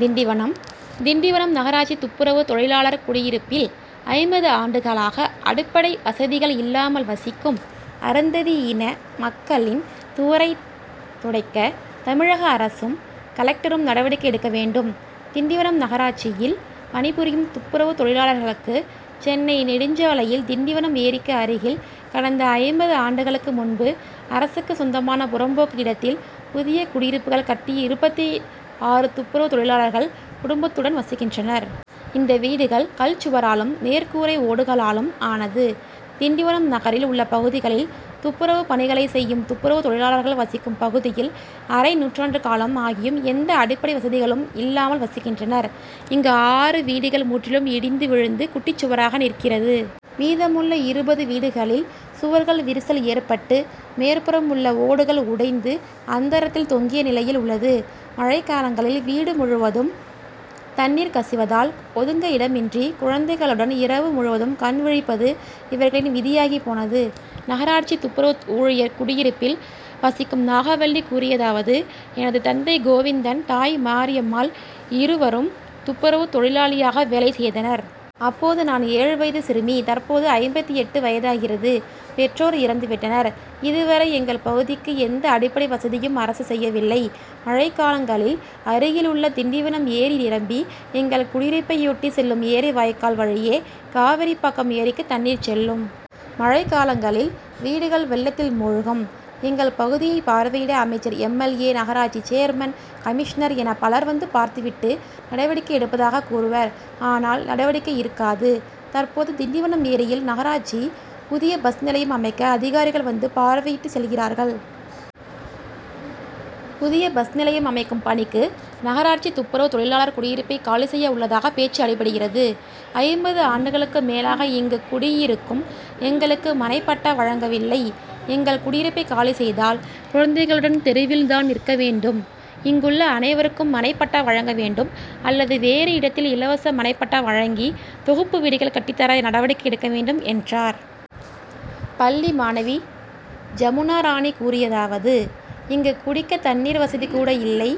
திண்டிவனம் திண்டிவனம் நகராட்சி துப்புரவு தொழிலாளர் குடியிருப்பில் ஐம்பது ஆண்டுகளாக அடிப்படை வசதிகள் இல்லாமல் வசிக்கும் அருந்ததியின மக்களின் துயரைத் துடைக்க தமிழக அரசும், கலெக்டரும் நடவடிக்கை எடுக்க வேண்டும். திண்டிவனம் நகராட்சியில் பணிபுரியும் துப்புரவு தொழிலாளர்களுக்கு சென்னை நெடுஞ்சாலையில் திண்டிவனம் ஏரிக்கு அருகில் கடந்த ஐம்பது ஆண்டுகளுக்கு முன்பு அரசுக்குச் சொந்தமான புறம்போக்கு இடத்தில் புதிய குடியிருப்புகள் கட்டி இருபத்து ஆறு துப்புரவு தொழிலாளர்கள் குடும்பத்துடன் வசிக்கின்றனர். இந்த வீடுகள் கல் சுவராலும், மேற்கூரை ஓடுகளாலும் ஆனது. திண்டிவனம் நகரில் உள்ள பகுதிகளில் துப்புரவு பணிகளை செய்யும் துப்புரவு தொழிலாளர்கள் வசிக்கும் பகுதியில் அரை நூற்றாண்டு காலம் ஆகியும் எந்த அடிப்படை வசதிகளும் இல்லாமல் வசிக்கின்றனர். இங்கு ஆறு வீடுகள் முற்றிலும் இடிந்து விழுந்து குட்டிச் சுவராக நிற்கிறது. மீதமுள்ள இருபது வீடுகளில் சுவர்கள் விரிசல் ஏற்பட்டு மேற்புறம் உள்ள ஓடுகள் உடைந்து அந்தரத்தில் தொங்கிய நிலையில் உள்ளது. மழைக்காலங்களில் வீடு முழுவதும் தண்ணீர் கசிவதால் ஒதுங்க இடமின்றி குழந்தைகளுடன் இரவு முழுவதும் கண் விழிப்பது இவர்களின் விதியாகிப் போனது. நகராட்சி துப்புரவு ஊழியர் குடியிருப்பில் வசிக்கும் நாகவள்ளி கூறியதாவது எனது தந்தை கோவிந்தன், தாய் மரியம்மாள் இருவரும் துப்புரவு தொழிலாளியாக வேலை செய்தனர். அப்போது நான் ஏழு வயது சிறுமி தற்போது ஐம்பத்து எட்டு வயதாகிறது. பெற்றோர் இறந்து விட்டனர். இதுவரை எங்கள் பகுதிக்கு எந்த அடிப்படை வசதியும் அரசு செய்யவில்லை. மழைக் காலங்களில் அருகிலுள்ள திண்டிவனம் ஏரி நிரம்பி, எங்கள் குடியிருப்பையொட்டிச் செல்லும் ஏரி வாய்க்கால் வழியே காவேரிப் பாக்கம் ஏரிக்கு தண்ணீர் செல்லும். மழைக்காலங்களில் வீடுகள் வெள்ளத்தில் மூழ்கும். எங்கள் பகுதியை பார்வையிட அமைச்சர், எம். எல். ஏ., நகராட்சி சேர்மன், கமிஷ்னர் என பலர் வந்து பார்த்து விட்டு நடவடிக்கை எடுப்பதாக கூறுவர். ஆனால் நடவடிக்கை இருக்காது. தற்போது திண்டிவனம் ஏரியில் நகராட்சி புதிய பஸ் நிலையம் அமைக்க அதிகாரிகள் வந்து பார்வையிட்டு செல்கிறார்கள். புதிய பஸ் நிலையம் அமைக்கும் பணிக்கு நகராட்சி துப்புரவு தொழிலாளர் குடியிருப்பை காலி செய்ய உள்ளதாக பேச்சு அடிபடுகிறது. ஐம்பது ஆண்டுகளுக்கு மேலாக இங்கு குடியிருக்கும் எங்களுக்கு மனைப்பட்டா வழங்கவில்லை. எங்கள் குடியிருப்பை காலி செய்தால் குழந்தைகளுடன் தெருவில் தான் நிற்க வேண்டும். இங்குள்ள அனைவருக்கும் மனைப்பட்டா வழங்க வேண்டும், அல்லது வேறு இடத்தில் இலவச மனைப்பட்டா வழங்கி, தொகுப்பு வீடுகள் கட்டித் தர நடவடிக்கை எடுக்க வேண்டும் என்றார். பள்ளி மாணவி ஜமுனாராணி கூறியதாவது: இங்கு குடிக்க தண்ணீர் வசதிகூட இல்லை.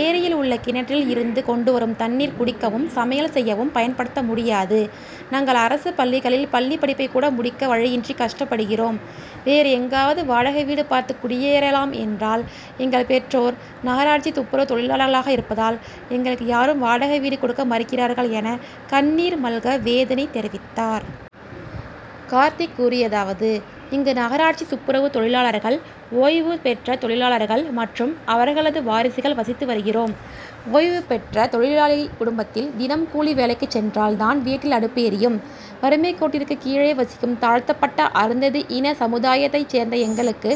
ஏரியில் உள்ள கிணற்றில் இருந்து கொண்டு வரும் தண்ணீர் குடிக்கவும், சமையல் செய்யவும் பயன்படுத்த முடியாது. நாங்கள் அரசுப் பள்ளிகளில் பள்ளிப் படிப்பைக் கூட முடிக்க வழியின்றி கஷ்டப்படுகிறோம். வேறு எங்காவது வாடகை வீடு பார்த்து குடியேறலாம் என்றால் எங்கள் பெற்றோர் நகராட்சி துப்புரவு தொழிலாளர்களாக இருப்பதால் எங்களுக்கு யாரும் வாடகை வீடு கொடுக்க மறுக்கிறார்கள் என கண்ணீர் மல்க வேதனை தெரிவித்தார். கார்த்திக் கூறியதாவது இங்கு நகராட்சி துப்புரவு தொழிலாளர்கள், ஓய்வு பெற்ற தொழிலாளர்கள் மற்றும் அவர்களது வாரிசுகள் வசித்து வருகிறோம். ஓய்வுபெற்ற தொழிலாளி குடும்பத்தில் தினம் கூலி வேலைக்குச் சென்றால் தான் வீட்டில் அடுப்பு எரியும். வறுமைக் கோட்டிற்கு கீழே வசிக்கும் தாழ்த்தப்பட்ட அருந்ததியின சமுதாயத்தைச் சேர்ந்த எங்களுக்கு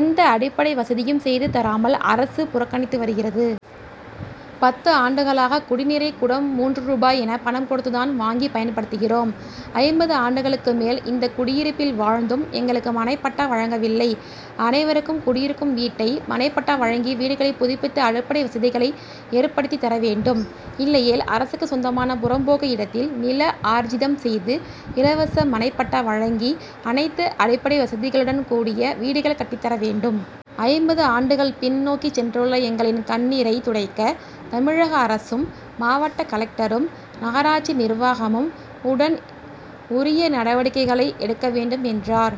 எந்த அடிப்படை வசதியும் செய்து தராமல் அரசு புறக்கணித்து வருகிறது. பத்து ஆண்டுகளாக குடிநீரை குடம் மூன்று ரூபாய் என பணம் கொடுத்து தான் வாங்கி பயன்படுத்துகிறோம். ஐம்பது ஆண்டுகளுக்கு மேல் இந்த குடியிருப்பில் வாழ்ந்தும் எங்களுக்கு மனைப்பட்டா வழங்கவில்லை. அனைவருக்கும் குடியிருக்கும் வீட்டை மனைப்பட்டா வழங்கி வீடுகளை புதுப்பித்து அடிப்படை வசதிகளை ஏற்படுத்தித்தர வேண்டும். இல்லையேல் அரசுக்குச் சொந்தமான புறம் போக்கு இடத்தில் நில ஆர்ஜிதம் செய்து, இலவச மனைப்பட்டா வழங்கி அனைத்து அடிப்படை வசதிகளுடன்கூடிய வீடுகள் கட்டித்தர வேண்டும். ஐம்பது ஆண்டுகள் பின்னோக்கிச் சென்றுள்ள எங்களின் கண்ணீரை துடைக்க தமிழக அரசும், மாவட்ட கலெக்டரும், நகராட்சி நிர்வாகமும் உடன் உரிய நடவடிக்கைகளை எடுக்க வேண்டும் என்றார்.